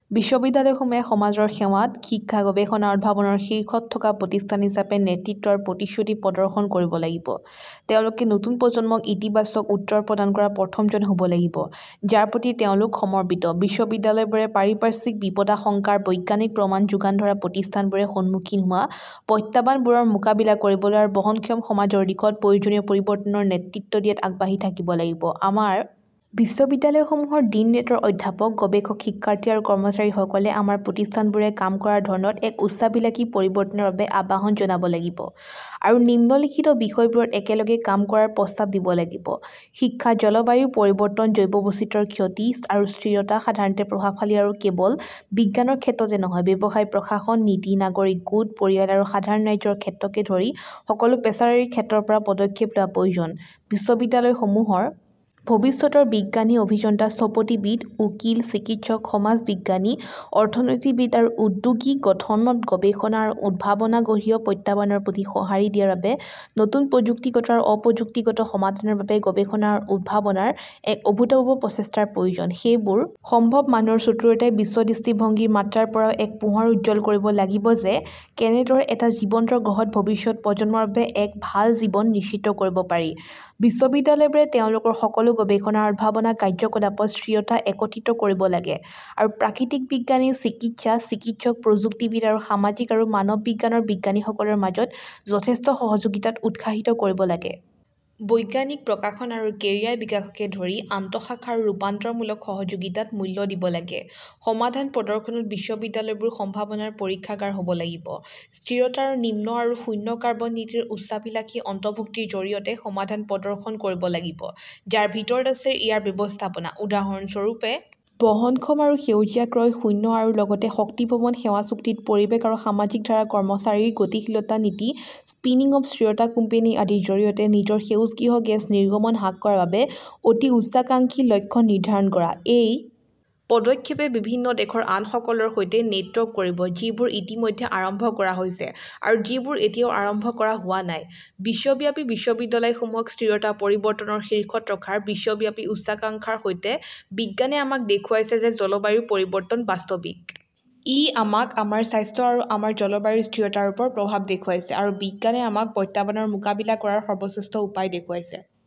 বিশ্ববিদ্যালয়সমূহে সমাজৰ সেৱাত শিক্ষা, গৱেষণা আৰু উদ্ভাৱনৰ শীৰ্ষত থকা প্ৰতিষ্ঠান হিচাপে নেতৃত্ব আৰু প্ৰতিশ্ৰুতি প্ৰদৰ্শন কৰিব লাগিব। তেওঁলোকে নতুন প্ৰজন্মক ইতিবাচক উত্তৰ প্ৰদান কৰা প্ৰথমজন হ'ব লাগিব, যাৰ প্ৰতি তেওঁলোক সমৰ্পিত। বিশ্ববিদ্যালয়বোৰে পাৰিপাৰ্শ্বিক বিপদাশংকাৰ বৈজ্ঞানিক প্ৰমাণ যোগান ধৰা প্ৰতিষ্ঠানবোৰে সন্মুখীন হোৱা প্ৰত্যাহ্বানবোৰৰ মোকাবিলা কৰিবলৈ আৰু বহনক্ষম সমাজৰ দিশত প্ৰয়োজনীয় পৰিৱৰ্তনৰ নেতৃত্ব দিয়াত আগবাঢ়ি থাকিব লাগিব। আমাৰ বিশ্ববিদ্যালয়সমূহৰ ডিন ৰেক্টৰ অধ্যাপক গৱেষক শিক্ষাৰ্থী আৰু কৰ্মচাৰীসকলে আমাৰ প্ৰতিষ্ঠানবোৰে কাম কৰাৰ ধৰণত এক উচ্চাভিলাষী পৰিৱৰ্তনৰ বাবে আহ্বান জনাব লাগিব আৰু নিম্নলিখিত বিষয়বোৰত একেলগে কাম কৰাৰ প্ৰস্তাৱ দিব লাগিব। শিক্ষা, জলবায়ু পৰিৱৰ্তন, জৈৱ বৈচিত্ৰ্যৰ ক্ষতি আৰু স্থিৰতা সাধাৰণতে প্ৰভাৱশালী আৰু কেৱল বিজ্ঞানৰ ক্ষেত্ৰতে নহয়, ব্যৱসায় প্ৰশাসন নীতি, নাগৰিক গোট ,পৰিয়াল আৰু সাধাৰণ ৰাইজৰ ক্ষেত্ৰকে ধৰি সকলো পেছাদাৰী ক্ষেত্ৰৰ পৰা পদক্ষেপ লোৱা প্ৰয়োজন। বিশ্ববিদ্যালয়সমূহৰ ভৱিষ্যতৰ বিজ্ঞানী, অভিযন্তা, স্থপতিবিদ, উকীল, চিকিৎসক, সমাজ বিজ্ঞানী, অৰ্থনীতিবিদ আৰু উদ্যোগী গঠনত গৱেষণা আৰু উদ্ভাৱনগ্ৰহীয় প্ৰত্যাহ্বানৰ প্ৰতি সঁহাৰি দিয়াৰ বাবে নতুন প্ৰযুক্তিগত আৰু অপ্ৰযুক্তিগত সমাধানৰ বাবে গৱেষণা আৰু উদ্ভাৱনৰ এক অভূতপূৰ্ব প্ৰচেষ্টাৰ প্ৰয়োজন। সেইবোৰ সম্ভৱ আৰু মানুহৰ চতুৰতাই বিশ্বদৃষ্টিভংগীৰ মাত্ৰাৰ পৰাও এক পোহৰ উজ্জ্বল কৰিব লাগিব যে কেনেদৰে এটা জীৱন্ত গ্ৰহত ভৱিষ্যত প্ৰজন্মৰ বাবে এক ভাল জীৱন নিশ্চিত কৰিব পাৰি। বিশ্ববিদ্যালয়বোৰে তেওঁলোকৰ সকলো গৱেষণা আৰু উদ্ভাৱন কাৰ্যকলাপত স্থিৰতা একত্ৰিত কৰিব লাগে আৰু প্ৰাকৃতিক বিজ্ঞানী, চিকিৎসা ,চিকিৎসক, প্ৰযুক্তিবিদ আৰু সামাজিক আৰু মানৱবিজ্ঞানৰ বিজ্ঞানীসকলৰ মাজত যথেষ্ট সহযোগিতাক উৎসাহিত কৰিব লাগে। বৈজ্ঞানিক প্ৰকাশন আৰু কেৰিয়াৰ বিকাশকে ধৰি আন্তঃশাখা আৰু ৰূপান্তৰমূলক সহযোগিতাত মূল্য দিব লাগে। সমাধান প্ৰদৰ্শন‌‌ত বিশ্ববিদ্যালয়বোৰ সম্ভাৱনাৰ পৰীক্ষাগাৰ হব লাগিব। স্থিৰতা আৰু নিম্ন আৰু শূন্যকাৰ্বন নীতিৰ উচ্চাভিলাষী অন্তৰ্ভুক্তিৰ জৰিয়তে সমাধান প্ৰদৰ্শন কৰিব লাগিব, যাৰ ভিতৰত আছে ইয়াৰ ব্যৱস্থাপনা। উদাহৰণস্বৰূপে বহনক্ষম আৰু সেউজীয়া ক্ৰয় শূন্য আৰু লগতে শক্তি ভৱন সেৱা চুক্তিত পৰিৱেশ আৰু সামাজিক ধাৰা কৰ্মচাৰীৰ গতিশীলতা নীতি স্পিনিং অফ স্থিৰতা কোম্পানী আদিৰ জৰিয়তে নিজৰ সেউজগৃহ গেছ নিৰ্গমন হ্ৰাস কৰাৰ বাবে অতি উচ্চাকাংক্ষী লক্ষ্য নিৰ্ধাৰণ কৰা। এই পদক্ষেপে বিভিন্ন দেশৰ আনসকলৰ সৈতে নেটৱৰ্ক কৰিব যিবোৰ ইতিমধ্যে আৰম্ভ কৰা হৈছে আৰু যিবোৰ এতিয়াও আৰম্ভ কৰা হোৱা নাই। বিশ্বব্যাপী বিশ্ববিদ্যালয়সমূহক স্থিৰতা পৰিৱৰ্তনৰ শীৰ্ষত ৰখাৰ বিশ্বব্যাপী উচ্চাকাংক্ষাৰ সৈতে বিজ্ঞানে আমাক দেখুৱাইছে যে জলবায়ু পৰিৱৰ্তন বাস্তৱিক। ই আমাক আমাৰ স্বাস্থ্য আৰু আমাৰ জলবায়ুৰ স্থিৰতাৰ ওপৰত প্ৰভাৱ দেখুৱাইছে আৰু বিজ্ঞানে আমাক প্ৰত্যাহ্বানৰ মোকাবিলা কৰাৰ সৰ্বশ্ৰেষ্ঠ উপায় দেখুৱাইছে।